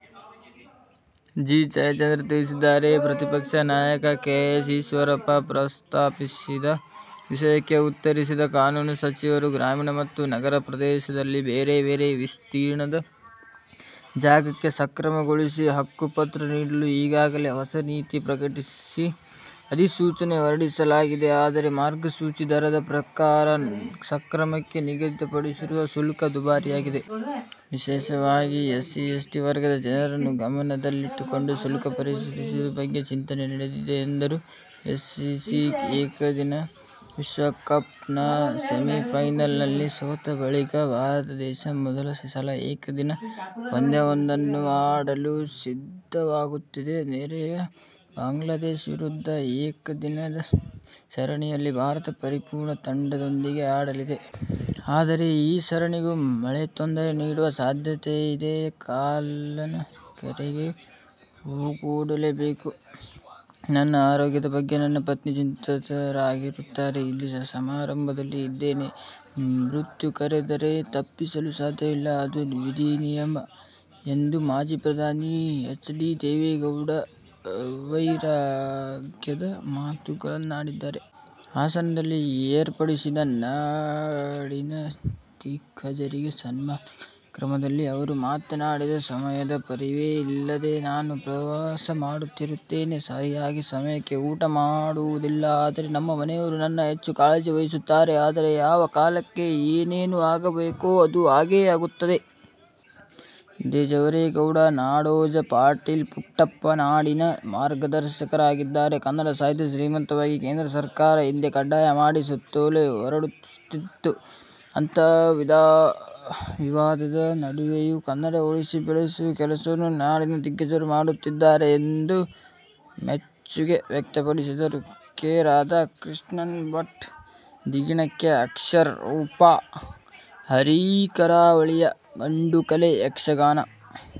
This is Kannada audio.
ಬಿ. ಜಯಚಂದ್ರ ತಿಳಿಸಿದ್ದಾರೆ. ಪ್ರತಿಪಕ್ಷ ನಾಯಕ ಕೆ. ಎಸ್. ಈಶ್ವರಪ್ಪ ಪ್ರಸ್ತಾಪಿಸಿದ ವಿಷಯಕ್ಕೆ ಉತ್ತರಿಸಿದ ಕಾನೂನು ಸಚಿವರು ಗ್ರಾಮೀಣ ಮತ್ತು ನಗರ ಪ್ರದೇಶದಲ್ಲಿ ಬೇರೆ-ಬೇರೆ ವಿಸ್ತೀರ್ಣದ ಜಾಗಕ್ಕೆ ಸಕ್ರಮ ಗೊಳಿಸಿ ಹಕ್ಕುಪತ್ರ ನೀಡಲು ಈಗಾಗಲೇ ಹೊಸ ನೀತಿ ಪ್ರಕಟಿಸಿ, ಅಧಿಸೂಚನೆ ಹೊರಡಿಸಲಾಗಿದೆ. ಆದರೆ, ಮಾರ್ಗಸೂಚಿ ದರದ ಪ್ರಕಾರ ಸಕ್ರಮಕ್ಕೆ ನಿಗದಿಪಡಿಸಿರುವ ಶುಲ್ಕ ದುಬಾರಿ ಆಗಿದೆ. ವಿಶೇಷವಾಗಿ ಎಸ್ಸಿ, ಎಸ್ಟಿ ವರ್ಗದ ಜನರನ್ನು ಗಮನದಲ್ಲಿಟ್ಟುಕೊಂಡು ಶುಲ್ಕ ಪರಿಷ್ಕರಿಸುವ ಬಗ್ಗೆ ಚಿಂತನೆ ನಡೆದಿದೆ ಎಂದರು. ಐಸಿಸಿ ಏಕದಿನ ವಿಶ್ವ ಕಪ್ನ ಸೆಮಿಫೈನಲ್ನಲ್ಲಿ ಸೋತ ಬಳಿಕ ಭಾರತ ದೇಶ ಮೊದಲ ಸಲ ಏಕದಿನ ಪಂದ್ಯವೊಂದನ್ನು ಆಡಲು ಸಿದ್ಧವಾಗುತ್ತಿದೆ. ನೆರೆಯ ಬಾಂಗ್ಲಾದೇಶ ವಿರುದ್ಧದ ಈ ಏಕದಿನ ಸರಣಿಯಲ್ಲಿ ಭಾರತ ಪರಿಪೂರ್ಣ ತಂಡದೊಂದಿಗೆ ಆಡಲಿದೆ. ಆದರೆ ಈ ಸರಣಿಗೂ ಮಳೆ ತೊಂದರೆ ನೀಡುವ ಸಾಧ್ಯತೆಯಿದೆ. ''''''ಕಾಲನ ಕರೆಗೆ ಓಗೊಡಲೇ ಬೇಕು. ನನ್ನ ಆರೋಗ್ಯದ ಬಗ್ಗೆ ನನ್ನ ಪತ್ನಿ ಚಿಂತಿತರಾಗಿರುತ್ತಾರೆ. ಇಲ್ಲಿ ಸಮಾರಂಭದಲ್ಲಿ ಇದ್ದೇನೆ. ಮೃತ್ಯು ಕರೆದರೆ ತಪ್ಪಿಸಲು ಸಾಧ್ಯವಿಲ್ಲ. ಅದು ವಿಧಿ ನಿಯಮ ಎಂದು ಮಾಜಿ ಪ್ರಧಾನಿ ಎಚ್. ಡಿ. ದೇವೇಗೌಡ ವೈರಾಗ್ಯದ ಮಾತುಗಳನ್ನಾಡಿದ್ದಾರೆ. ಹಾಸನದಲ್ಲಿ ಏರ್ಪಡಿಸಿದ್ದ ನಾಡಿನ ದಿಗ್ಗಜರಿಗೆ ಸನ್ಮಾನ ಕಾರ್ಯಕ್ರಮದಲ್ಲಿ ಅವರು ಮಾತನಾಡಿ, ''''ಸಮಯದ ಪರಿವೇ ಇಲ್ಲದೆ ನಾನು ಪ್ರವಾಸ ಮಾಡುತ್ತಿರುತ್ತೇನೆ. ಸರಿಯಾದ ಸಮಯಕ್ಕೆ ಊಟ ಮಾಡುವುದಿಲ್ಲ. ಆದರೆ ನಮ್ಮ ಮನೆಯವರು ನನ್ನ ಹೆಚ್ಚು ಕಾಳಜಿ ವಹಿಸುತ್ತಾರೆ. ಆದರೆ ಯಾವ ಕಾಲಕ್ಕೆ ಏನೇನು ಆಗಬೇಕೋ ಅದು ಆಗಿಯೇ ಆಗುತ್ತದೆ. ದೇ. ಜವರೇಗೌಡ, ನಾಡೋಜ ಪಾಟೀಲ್ ಪುಟ್ಟಪ್ಪ ನಾಡಿನ ಮಾರ್ಗದರ್ಶಕರಾಗಿದ್ದಾರೆ. ಕನ್ನಡ ಸಾಹಿತ್ಯ ಶ್ರೀಮಂತವಾಗಿದೆ. ಕೇಂದ್ರ ಸರ್ಕಾರ ಹಿಂದಿ ಕಡ್ಡಾಯ ಮಾಡಿ ಸುತ್ತೋಲೆ ಹೊರಡಿಸಿತ್ತು. ಅಂತಹ ವಿವಾದದ ನಡುವೆಯೂ ಕನ್ನಡ ಉಳಿಸಿ ಬೆಳೆಸುವ ಕೆಲಸವನ್ನು ನಾಡಿನ ದಿಗ್ಗಜರು ಮಾಡುತ್ತಿದ್ದಾರೆ ಎಂದು ಮೆಚ್ಚುಗೆ ವ್ಯಕ್ತಪಡಿಸಿದರು. ಕೆ. ರಾಧಾಕೃಷ್ಣ ಭಟ್; ಧಿಗಿಣಕ್ಕೆ ಅಕ್ಷರ ರೂಪ: ಹರಿಕರಾವಳಿಯ ಗಂಡುಕಲೆ ಯಕ್ಷಗಾನ.